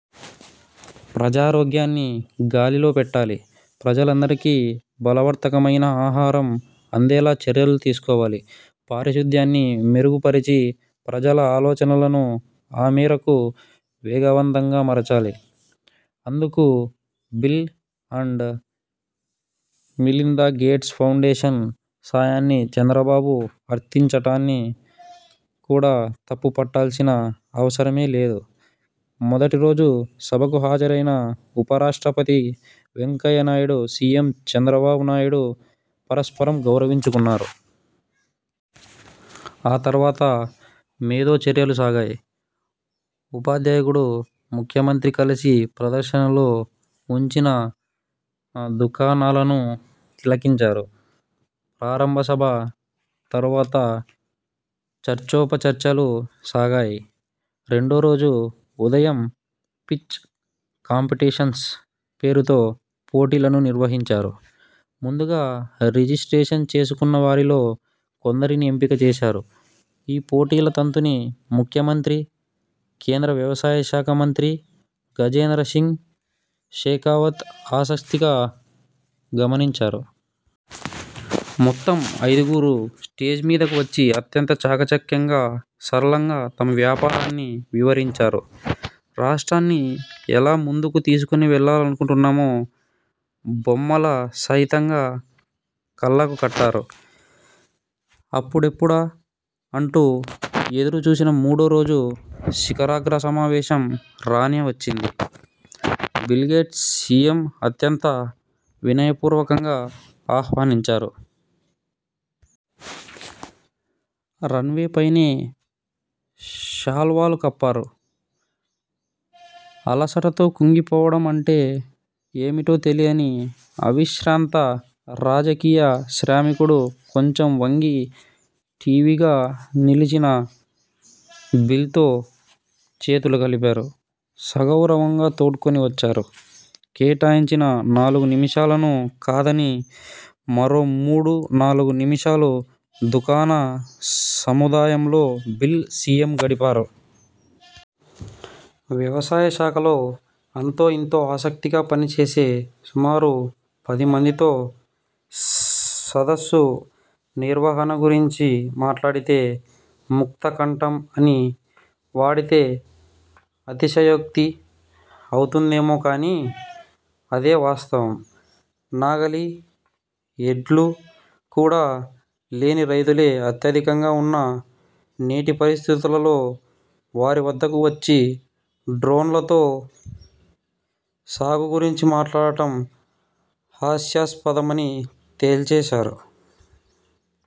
ప్రజారోగ్యాన్ని గాలిలో పెట్టాలి. ప్రజలందరికీ బలవర్థకమైన ఆహారం అందేలా చర్యలు తీసుకోవాలి. పారిశుద్ధ్యాన్ని మెరుగుపరిచి, ప్రజల ఆలోచనలను ఆ మేరకు వివేకవంతంగా మలచాలి. అందుకు Bill and Melinda Gates Foundation సాయాన్ని చంద్రబాబు అర్థించటాన్ని కూడా తప్పు పట్టాల్సిన అవసరమే లేదు. మొదటి రోజు సభకు హాజరైన ఉప రాష్ట్రపతి వెంకయ్యనాయుడు, సీఎం చంద్రబాబు నాయుడు పరస్పరం గౌరవించుకున్నారు. ఆ తరువాత మేధో చర్యలు సాగాయి. ఉపాధ్యకుడు, ముఖ్యమంత్రి కలసి ప్రదర్శనలో ఉంచిన దుకాణాలను తిలకించారు. ప్రారంభ సభ తరువాత చర్చోపచర్చలు సాగాయి. రెండో రోజు ఉదయం పిచ్ కాంపిటీషన్స్ పేరుతో పోటీలను నిర్వహించారు. ముందుగా రిజిస్ట్రేషన్ చేసుకున్న వారిలో కొందరిని ఎంపిక చేశారు. ఈ పోటీల తంతుని ముఖ్యమంత్రి, కేంద్ర వ్యవసాయ శాఖ మంత్రి గజేంద్ర సింగ్ షెకావత్ ఆసక్తిగా గమనించారు. మొత్తం ఐదుగురు స్టేజ్ మీదకు వచ్చి అత్యంత చాకచక్యంగా, సరళంగా తమ వ్యాపారాన్ని వివరించారు. రాష్ట్రాన్ని ఎలా ముందుకు తీసుకుని వెళ్ళాలనుకుంటున్నామో బొమ్మల సహితంగా కళ్ళకు కట్టారు. అప్పుడప్పుడా అంటూ ఎదురు చూసిన మూడోరోజు శిఖరాగ్ర సమావేశం రానే వచ్చింది. బిల్ గేట్స్ సీఎం అత్యంత వినయపూర్వకంగా ఆహ్వానించారు. రన్ వే పైనే శాలువాలు కప్పారు. అలసటతో కుంగిపోవటం అంటే ఏమిటో తెలియని అవిశ్రాంత రాజకీయ శ్రామికుడు కొంచెం వంగి, ఠీవిగా నిలిచిన బిల్తో చేతులుకలిపారు. సగౌరవంగా తోడ్కొని వచ్చారు. కేటాయించిన నాలుగు నిమిషాలను కాదని మరో మూడు నాలుగు నిమిషాలు దుకాణ సముదాయంలో బిల్, సీఎం గడిపారు. వ్యవసాయ శాఖలో అంతో ఇంతో ఆసక్తిగా పనిచేసే సుమారు పది మందితో సదస్సు నిర్వహణ గురించి మాట్లాడితే ముక్త కంఠం అని వాడితే అతిశయోక్తి అవుతుందేమో కానీ అదే వాస్తవం. నాగలి, ఎడ్లు కూడా లేని రైతులే అత్యధికంగా వున్న నేటి పరిస్థితులలో వారి వద్దకు వచ్చి డ్రోన్లతో సాగు గురించి మాట్లాడటం హాస్యాస్పదమని తేల్చేశారు.